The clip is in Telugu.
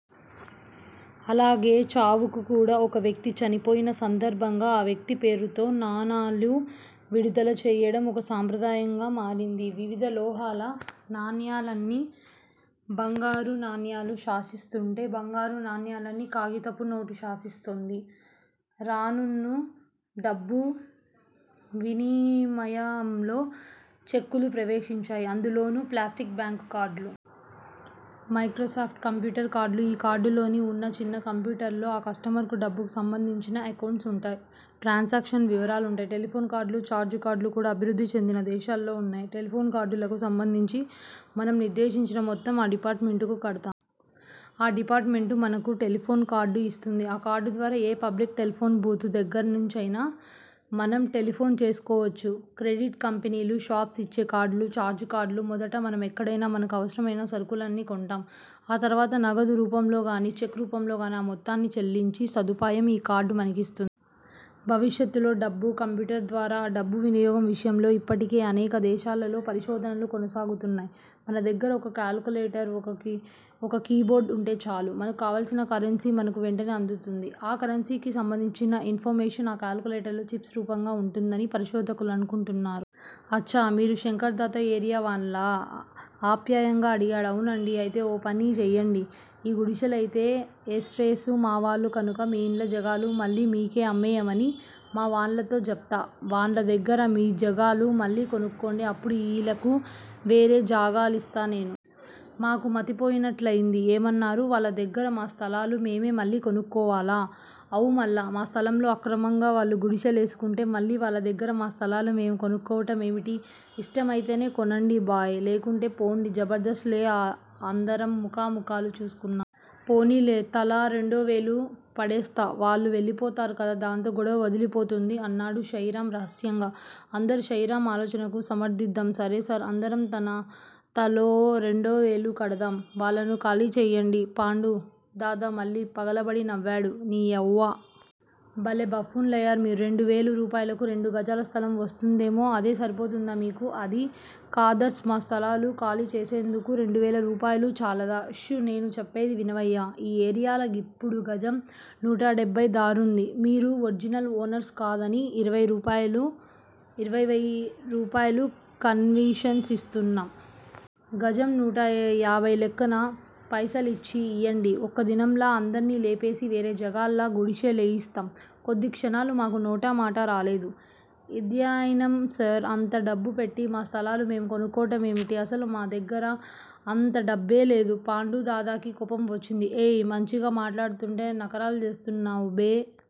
అలాగే చావుకు కూడా. ఒక వ్యక్తి చనిపోయిన సందర్భంగా ఆ వ్యక్తి పేరుతో నాణాలు విడుదల చేయడం ఒక సంప్రదాయంగా మారింది. వివిధ లోహాల నాణాల్ని బంగారు నాణ్యల్ని శాసిస్తుంటే, బంగారు నాణ్యల్ని, కాగితపు నోటు శాసిస్తోంది. రాన్రానూ డబ్బు వినిమయంలో చెక్కులు ప్రవేశించాయి. అందులోనూ ప్లాస్టిక్ బ్యాంక్ కార్డులు. మైక్రోస్కోపిక్ కంప్యూటర్ కార్డులు ఈ కార్డుల్లోనే వున్న చిన్న కంప్యూటర్లో, ఆ కస్టమర్ డబ్బుకు సంబంధించిన ఎకౌంట్స్ వుంటాయి. ట్రాన్ జాక్షన్ వివరాలుంటాయి. టెలిఫోన్ కార్డులు, ఛార్జ్ కార్డులు కూడా అభివృద్ధి చెందిన దేశాల్లో వున్నాయి. టెలిఫోన్ కార్డులకు సంబంధించి, మనం నిర్దేశించిన మొత్తం ఆ డిపార్టుమెంటుకు కడతాం. ఆ డిపార్టుమెంటు మనకు టెలిఫోన్ కార్డు ఇస్తుంది. ఆ కార్డుద్వారా ఏ పబ్లిక్ టెలిఫోను బూత్ దగ్గర్నించైనా మనం టెలిఫోను చేసుకోవచ్చు. క్రెడిట్ కంపెనీలు, షాప్స్ యిచ్చే కార్డులు ఛార్జ్ కార్డ్ లు. మొదట మనం ఎక్కడైనా మనకు అవసరమైన సరుకుల్ని కొంటాం. ఆ తర్వాత నగదు రూపంలోగానీ, చెక్ రూపంలోగానీ ఆ మొత్తాన్ని చెల్లించే సదుపాయం ఈ కార్డు మనకిస్తుంది. భవిష్యత్తులో డబ్బు: కంప్యూటర్ ద్వారా, డబ్బు వినియోగం విషయంలో యిప్పటికీ అనేక దేశాలలో పరిశోధనలు కొనసాగుతున్నాయి. మన దగ్గర ఒక కాలిక్యులేటరు, ఒక కీ బోర్డు వుంటే చాలు. మనకు కావల్సిన కరెన్సీ మనకు వెంటనే అందుతుంది. ఆ కరెన్సీకి సంబంధించిన ఇన్ ఫర్ మేషన్ ఆ కాలిక్యులేటర్లో చిప్స్ రూపంగా వుంటుందని పరిశోధకులు అనుకుంటున్నారు. అచ్చా! మీరు శంకర్ దాదా ఏరియా వాండ్లా? ఆప్యాయంగా అడిగాడు. అవునండీ అయితే ఓపని జేయండ్రి. ఈ గుడిశెలయితే ఏసేసిన్రు మా వాళ్ళు! కనుక మీ ఇండ్ల జాగాలు మళ్ళీమీకే అమ్మేయమని మా వాండ్లతో జెప్తా. వాండ్ల దగ్గర మీజాగాలు మళ్ళీ కొనుక్కోండ్రి అప్పుడు ఈళ్ళకు వేరే జాగాలిస్తా నేను. మాకు మతిపోయినట్లయింది. ఏమన్నారు? వాళ్ళ దగ్గర మా స్థలాలు మేమే మళ్ళీ కొనుక్కోవాలా? అవ్ మళ్ళా! మా స్థలంలో అక్రమంగా వాళ్ళు గుడిశె లేసుకుంటే మళ్ళీ వాళ్ళ దగ్గర మా స్థలాలు మేము కొనుక్కోవట మేమిటి? ఇష్టమయితేనే కొనండ్రి భాయ్! లేకుంటే పోండ్రి! జబర్ధస్తేం లే అందరం మొఖామొఖాలు చూసుకున్నాం. పోనీలే! తలో రెండు వేలూ పడేస్తే వాళ్ళు వెళ్లిపోతారు కదా! దాంతో గొడవ వదిలిపోతుంది అన్నాడు శాయిరామ్ రహస్యంగా. అందరూ శాయిరామ్ ఆలోచనను సమర్ధించాం. సరే సార్! అందరం తలో రెండువేలూ కడతాం! వాళ్ళను ఖాళీ చేయించండి పాండూ దాదా మళ్ళీ పగలబడి నవ్వాడు. నీయవ్వ! భలే బఫ్లూన్లున్నారయ్యా మీరు. రెండువేల్రూపాయలకు రెండు గజాల స్థలం వస్తుందేమో! అది సరిపోతదా మీకు? అది కాద్సార్ మా స్థలాలు ఖాళీ చేస్తున్నందుకు రెండువేల రూపాయలు చాలదా? ష్! నేను చెప్పేది వినవయ్యా! ఈ ఏరియాల గిప్పుడు గజం నూటడెభై ధరున్నది. మీరు ఒరిజినల్ ఓనర్స్ కదాని ఇరవై రూపాయలు కన్సెషనిస్తున్నాం! గజం నూట యాభై లెక్కన పైసల్దెచ్చి ఇయ్యండి. ఒక్కదినంల అందర్నీ లేపేసి వేరే జాగాలో గుడిశె లేయిస్తా! కొద్ది క్షణాలు మాకు నోటమాట రాలేదు. ఇదన్యాయం సార్! అంత డబ్బు పెట్టి మా స్థలాలు మేమే కొనుక్కోవట మేమిటి? అసలు మాదగ్గర అంత డబ్బేలేదు పాండూ దాదాకి కోపం వచ్చింది. ఏయ్! మంచిగా మాట్లాడ్తుంటే నరకాలు జేస్తున్రు బే!